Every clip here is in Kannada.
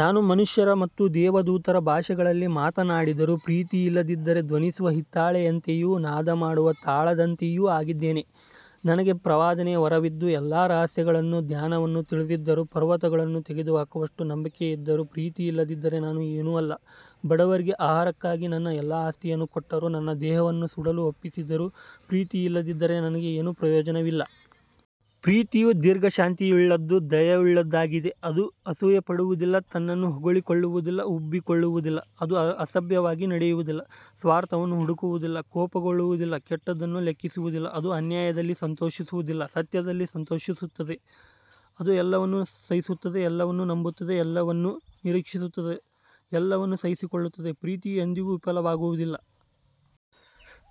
ನಾನು ಮನುಷ್ಯರ ಮತ್ತು ದೇವದೂತರ ಭಾಷೆಗಳಲ್ಲಿ ಮಾತನಾಡಿದರೂ ಪ್ರೀತಿಯಿಲ್ಲದಿದ್ದರೆ ಧ್ವನಿಸುವ ಹಿತ್ತಾಳೆಯಂತೆಯೂ ನಾದಮಾಡುವ ತಾಳದಂತೆಯೂ ಆಗಿದ್ದೇನೆ. ನನಗೆ ಪ್ರವಾದನೆಯ ವರವಿದ್ದು ಎಲ್ಲಾ ರಹಸ್ಯಗಳನ್ನೂ ಜ್ಞಾನವನ್ನೂ ತಿಳಿದಿದ್ದರೂ, ಪರ್ವತಗಳನ್ನು ತೆಗೆದುಹಾಕುವಷ್ಟು ನಂಬಿಕೆ ಇದ್ದರೂ ಪ್ರೀತಿಯಿಲ್ಲದಿದ್ದರೆ ನಾನು ಏನೂ ಅಲ್ಲ. ಬಡವರಿಗೆ ಆಹಾರಕ್ಕಾಗಿ ನನ್ನ ಎಲ್ಲಾ ಆಸ್ತಿಯನ್ನು ಕೊಟ್ಟರೂ ನನ್ನ ದೇಹವನ್ನು ಸುಡಲು ಒಪ್ಪಿಸಿದರೂ ಪ್ರೀತಿಯಿಲ್ಲದಿದ್ದರೆ ನನಗೆ ಏನೂ ಪ್ರಯೋಜನವಿಲ್ಲ. ಪ್ರೀತಿಯು ದೀರ್ಘಶಾಂತಿಯುಳ್ಳದ್ದೂ ದಯೆಯುಳ್ಳದ್ದೂ ಆಗಿದೆ, ಅದು ಅಸೂಯೆಪಡುವುದಿಲ್ಲ, ತನ್ನನ್ನು ಹೊಗಳಿಕೊಳ್ಳುವುದಿಲ್ಲ, ಉಬ್ಬಿಕೊಳ್ಳುವುದಿಲ್ಲ. ಅದು ಅಸಭ್ಯವಾಗಿ ನಡೆಯುವುದಿಲ್ಲ, ಸ್ವಾರ್ಥವನ್ನು ಹುಡುಕುವುದಿಲ್ಲ, ಕೋಪಗೊಳ್ಳುವುದಿಲ್ಲ, ಕೆಟ್ಟದ್ದನ್ನು ಲೆಕ್ಕಿಸುವುದಿಲ್ಲ. ಅದು ಅನ್ಯಾಯದಲ್ಲಿ ಸಂತೋಷಿಸುವುದಿಲ್ಲ, ಸತ್ಯದಲ್ಲಿ ಸಂತೋಷಿಸುತ್ತದೆ. ಅದು ಎಲ್ಲವನ್ನೂ ಸಹಿಸುತ್ತದೆ, ಎಲ್ಲವನ್ನೂ ನಂಬುತ್ತದೆ, ಎಲ್ಲವನ್ನೂ ನಿರೀಕ್ಷಿಸುತ್ತದೆ, ಎಲ್ಲವನ್ನೂ ಸಹಿಸಿಕೊಳ್ಳುತ್ತದೆ. ಪ್ರೀತಿಯು ಎಂದಿಗೂ ವಿಫಲವಾಗುವುದಿಲ್ಲ.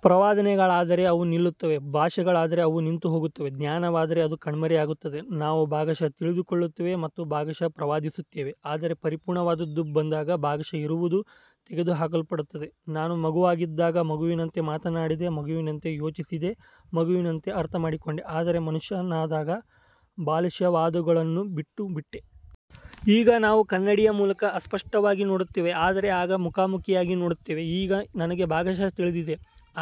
ಪ್ರವಾದನೆಗಳಾದರೆ ಅವು ನಿಲ್ಲುತ್ತವೆ, ಭಾಷೆಗಳಾದರೆ ಅವು ನಿಂತುಹೋಗುತ್ತವೆ, ಜ್ಞಾನವಾದರೆ ಅದು ಕಣ್ಮರೆಯಾಗುತ್ತದೆ. ನಾವು ಭಾಗಶಃ ತಿಳಿದುಕೊಳ್ಳುತ್ತೇವೆ ಮತ್ತು ಭಾಗಶಃ ಪ್ರವಾದಿಸುತ್ತೇವೆ, ಆದರೆ ಪರಿಪೂರ್ಣವಾದದ್ದು ಬಂದಾಗ ಭಾಗಶಃ ಇರುವದು ತೆಗೆದುಹಾಕಲ್ಪಡುತ್ತದೆ. ನಾನು ಮಗುವಾಗಿದ್ದಾಗ ಮಗುವಿನಂತೆ ಮಾತನಾಡಿದೆ, ಮಗುವಿನಂತೆ ಯೋಚಿಸಿದೆ, ಮಗುವಿನಂತೆ ಅರ್ಥಮಾಡಿಕೊಂಡೆ, ಆದರೆ ಮನುಷ್ಯನಾದಾಗ ಬಾಲಿಶವಾದವುಗಳನ್ನು ಬಿಟ್ಟುಬಿಟ್ಟೆ. ಈಗ ನಾವು ಕನ್ನಡಿಯ ಮೂಲಕ ಅಸ್ಪಷ್ಟವಾಗಿ ನೋಡುತ್ತೇವೆ, ಆದರೆ ಆಗ ಮುಖಾಮುಖಿಯಾಗಿ ನೋಡುತ್ತೇವೆ. ಈಗ ನನಗೆ ಭಾಗಶಃ ತಿಳಿದಿದೆ,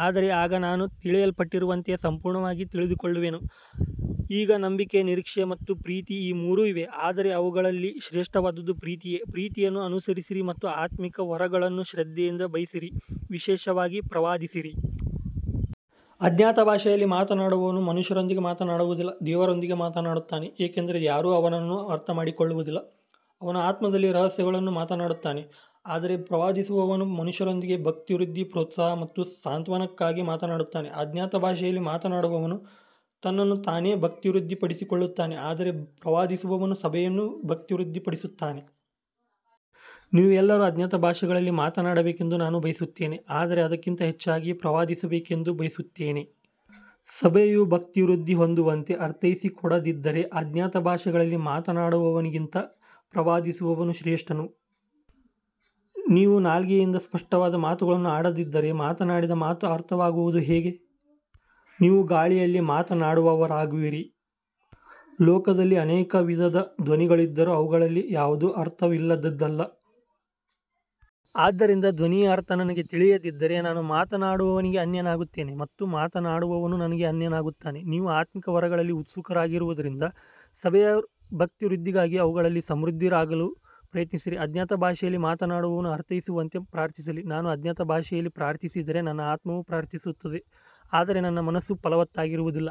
ಆದರೆ ಆಗ ನಾನು ತಿಳಿಯಲ್ಪಟ್ಟಿರುವಂತೆಯೇ ಸಂಪೂರ್ಣವಾಗಿ ತಿಳಿದುಕೊಳ್ಳುವೆನು. ಈಗ ನಂಬಿಕೆ, ನಿರೀಕ್ಷೆ ಮತ್ತು ಪ್ರೀತಿ ಈ ಮೂರೂ ಇವೆ, ಆದರೆ ಇವುಗಳಲ್ಲಿ ಶ್ರೇಷ್ಠವಾದದ್ದು ಪ್ರೀತಿಯೇ. ಪ್ರೀತಿಯನ್ನು ಅನುಸರಿಸಿರಿ ಮತ್ತು ಆತ್ಮಿಕ ವರಗಳನ್ನು ಶ್ರದ್ಧೆಯಿಂದ ಬಯಸಿರಿ, ವಿಶೇಷವಾಗಿ ಪ್ರವಾದಿಸಿರಿ. ಅಜ್ಞಾತ ಭಾಷೆಯಲ್ಲಿ ಮಾತನಾಡುವವನು ಮನುಷ್ಯರೊಂದಿಗೆ ಮಾತನಾಡುವುದಿಲ್ಲ, ದೇವರೊಂದಿಗೆ ಮಾತನಾಡುತ್ತಾನೆ, ಏಕೆಂದರೆ ಯಾರೂ ಅವನನ್ನು ಅರ್ಥಮಾಡಿಕೊಳ್ಳುವುದಿಲ್ಲ, ಅವನು ಆತ್ಮದಲ್ಲಿ ರಹಸ್ಯಗಳನ್ನು ಮಾತನಾಡುತ್ತಾನೆ. ಆದರೆ ಪ್ರವಾದಿಸುವವನು ಮನುಷ್ಯರೊಂದಿಗೆ ಭಕ್ತಿವೃದ್ಧಿ, ಪ್ರೋತ್ಸಾಹ ಮತ್ತು ಸಾಂತ್ವನಕ್ಕಾಗಿ ಮಾತನಾಡುತ್ತಾನೆ. ಅಜ್ಞಾತ ಭಾಷೆಯಲ್ಲಿ ಮಾತನಾಡುವವನು ತನ್ನನ್ನು ತಾನೇ ಭಕ್ತಿವೃದ್ಧಿಪಡಿಸಿಕೊಳ್ಳುತ್ತಾನೆ, ಆದರೆ ಪ್ರವಾದಿಸುವವನು ಸಭೆಯನ್ನು ಭಕ್ತಿವೃದ್ಧಿಪಡಿಸುತ್ತಾನೆ. ನೀವೆಲ್ಲರೂ ಅಜ್ಞಾತ ಭಾಷೆಗಳಲ್ಲಿ ಮಾತನಾಡಬೇಕೆಂದು ನಾನು ಬಯಸುತ್ತೇನೆ, ಆದರೆ ಅದಕ್ಕಿಂತ ಹೆಚ್ಚಾಗಿ ಪ್ರವಾದಿಸಬೇಕೆಂದು ಬಯಸುತ್ತೇನೆ. ಸಭೆಯು ಭಕ್ತಿವೃದ್ಧಿ ಹೊಂದುವಂತೆ ಅರ್ಥೈಸಿಕೊಡದಿದ್ದರೆ ಅಜ್ಞಾತ ಭಾಷೆಗಳಲ್ಲಿ ಮಾತನಾಡುವವನಿಗಿಂತ ಪ್ರವಾದಿಸುವವನು ಶ್ರೇಷ್ಠನು. ನೀವು ನಾಲಿಗೆಯಿಂದ ಸ್ಪಷ್ಟವಾದ ಮಾತುಗಳನ್ನು ಆಡದಿದ್ದರೆ ಮಾತನಾಡಿದ ಮಾತು ಅರ್ಥವಾಗುವುದು ಹೇಗೆ. ನೀವು ಗಾಳಿಯಲ್ಲಿ ಮಾತನಾಡುವವರಾಗುವಿರಿ. ಲೋಕದಲ್ಲಿ ಅನೇಕ ವಿಧದ ಧ್ವನಿಗಳಿದ್ದರೂ ಅವುಗಳಲ್ಲಿ ಯಾವುದೂ ಅರ್ಥವಿಲ್ಲದದ್ದಲ್ಲ. ಆದ್ದರಿಂದ ಧ್ವನಿಯ ಅರ್ಥ ನನಗೆ ತಿಳಿಯದಿದ್ದರೆ ನಾನು ಮಾತನಾಡುವವನಿಗೆ ಅನ್ಯನಾಗುತ್ತೇನೆ ಮತ್ತು ಮಾತನಾಡುವವನು ನನಗೆ ಅನ್ಯನಾಗುತ್ತಾನೆ. ನೀವು ಆತ್ಮಿಕ ವರಗಳಲ್ಲಿ ಉತ್ಸುಕರಾಗಿರುವುದರಿಂದ ಸಭೆಯ ಭಕ್ತಿವೃದ್ಧಿಗಾಗಿ ಅವುಗಳಲ್ಲಿ ಸಮೃದ್ಧರಾಗಲು ಪ್ರಯತ್ನಿಸಿರಿ. ಅಜ್ಞಾತ ಭಾಷೆಯಲ್ಲಿ ಮಾತನಾಡುವವನು ಅರ್ಥೈಸುವಂತೆ ಪ್ರಾರ್ಥಿಸಲಿ. ನಾನು ಅಜ್ಞಾತ ಭಾಷೆಯಲ್ಲಿ ಪ್ರಾರ್ಥಿಸಿದರೆ ನನ್ನ ಆತ್ಮವು ಪ್ರಾರ್ಥಿಸುತ್ತದೆ, ಆದರೆ ನನ್ನ ಮನಸ್ಸು ಫಲವತ್ತಾಗಿರುವುದಿಲ್ಲ.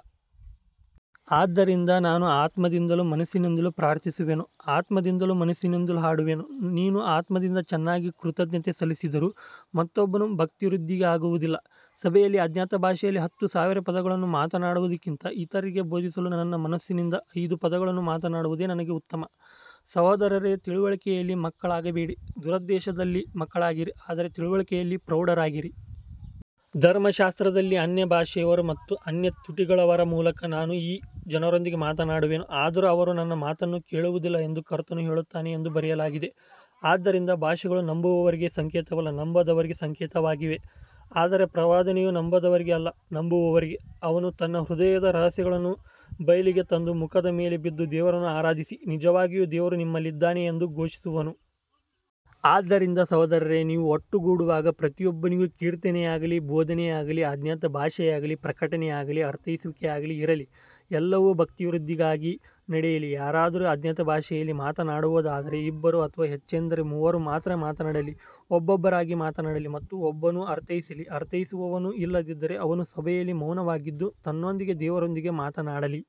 ಆದ್ದರಿಂದ ನಾನು ಆತ್ಮದಿಂದಲೂ ಮನಸ್ಸಿನಿಂದಲೂ ಪ್ರಾರ್ಥಿಸುವೆನು, ಆತ್ಮದಿಂದಲೂ ಮನಸ್ಸಿನಿಂದಲೂ ಹಾಡುವೆನು. ನೀನು ಆತ್ಮದಿಂದ ಚೆನ್ನಾಗಿ ಕೃತಜ್ಞತೆ ಸಲ್ಲಿಸಿದರೂ ಮತ್ತೊಬ್ಬನು ಭಕ್ತಿವೃದ್ಧಿಯಾಗುವುದಿಲ್ಲ. ಸಭೆಯಲ್ಲಿ ಅಜ್ಞಾತ ಭಾಷೆಯಲ್ಲಿ ಹತ್ತು ಸಾವಿರ ಪದಗಳನ್ನು ಮಾತನಾಡುವುದಕ್ಕಿಂತ, ಇತರರಿಗೆ ಬೋಧಿಸಲು ನನ್ನ ಮನಸ್ಸಿನಿಂದ ಐದು ಪದಗಳನ್ನು ಮಾತನಾಡುವುದೇ ನನಗೆ ಉತ್ತಮ. ಸಹೋದರರೇ, ತಿಳುವಳಿಕೆಯಲ್ಲಿ ಮಕ್ಕಳಾಗಬೇಡಿ, ದುರುದ್ದೇಶದಲ್ಲಿ ಮಕ್ಕಳಾಗಿರಿ, ಆದರೆ ತಿಳುವಳಿಕೆಯಲ್ಲಿ ಪ್ರೌಢರಾಗಿರಿ. ಧರ್ಮಶಾಸ್ತ್ರದಲ್ಲಿ, ಅನ್ಯಭಾಷೆಯವರ ಮತ್ತು ಅನ್ಯ ತುಟಿಗಳವರ ಮೂಲಕ ನಾನು ಈ ಜನರೊಂದಿಗೆ ಮಾತನಾಡುವೆನು, ಆದರೂ ಅವರು ನನ್ನ ಮಾತನ್ನು ಕೇಳುವುದಿಲ್ಲ ಎಂದು ಕರ್ತನು ಹೇಳುತ್ತಾನೆ ಎಂದು ಬರೆಯಲಾಗಿದೆ. ಆದ್ದರಿಂದ ಭಾಷೆಗಳು ನಂಬುವವರಿಗೆ ಸಂಕೇತವಲ್ಲ, ನಂಬದವರಿಗೆ ಸಂಕೇತವಾಗಿವೆ, ಆದರೆ ಪ್ರವಾದನೆಯು ನಂಬದವರಿಗೆ ಅಲ್ಲ, ನಂಬುವವರಿಗೆ. ಅವನು ತನ್ನ ಹೃದಯದ ರಹಸ್ಯಗಳನ್ನು ಬಯಲಿಗೆ ತಂದು, ಮುಖದ ಮೇಲೆ ಬಿದ್ದು ದೇವರನ್ನು ಆರಾಧಿಸಿ, ನಿಜವಾಗಿಯೂ ದೇವರು ನಿಮ್ಮಲ್ಲಿದ್ದಾನೆ ಎಂದು ಘೋಷಿಸುವನು. ಆದ್ದರಿಂದ ಸಹೋದರರೇ, ನೀವು ಒಟ್ಟುಗೂಡುವಾಗ ಪ್ರತಿಯೊಬ್ಬನಿಗೂ ಕೀರ್ತನೆಯಾಗಲಿ, ಬೋಧನೆಯಾಗಲಿ, ಅಜ್ಞಾತ ಭಾಷೆಯಾಗಲಿ, ಪ್ರಕಟನೆಯಾಗಲಿ, ಅರ್ಥೈಸುವಿಕೆಯಾಗಲಿ ಇರಲಿ. ಎಲ್ಲವೂ ಭಕ್ತಿವೃದ್ಧಿಗಾಗಿ ನಡೆಯಲಿ. ಯಾರಾದರೂ ಅಜ್ಞಾತ ಭಾಷೆಯಲ್ಲಿ ಮಾತನಾಡುವುದಾದರೆ ಇಬ್ಬರು ಅಥವಾ ಹೆಚ್ಚೆಂದರೆ ಮೂವರು ಮಾತ್ರ ಮಾತನಾಡಲಿ, ಒಬ್ಬೊಬ್ಬರಾಗಿ ಮಾತನಾಡಲಿ ಮತ್ತು ಒಬ್ಬನು ಅರ್ಥೈಸಲಿ. ಅರ್ಥೈಸುವವನು ಇಲ್ಲದಿದ್ದರೆ ಅವನು ಸಭೆಯಲ್ಲಿ ಮೌನವಾಗಿದ್ದು, ತನ್ನೊಂದಿಗೂ ದೇವರೊಂದಿಗೂ ಮಾತನಾಡಲಿ.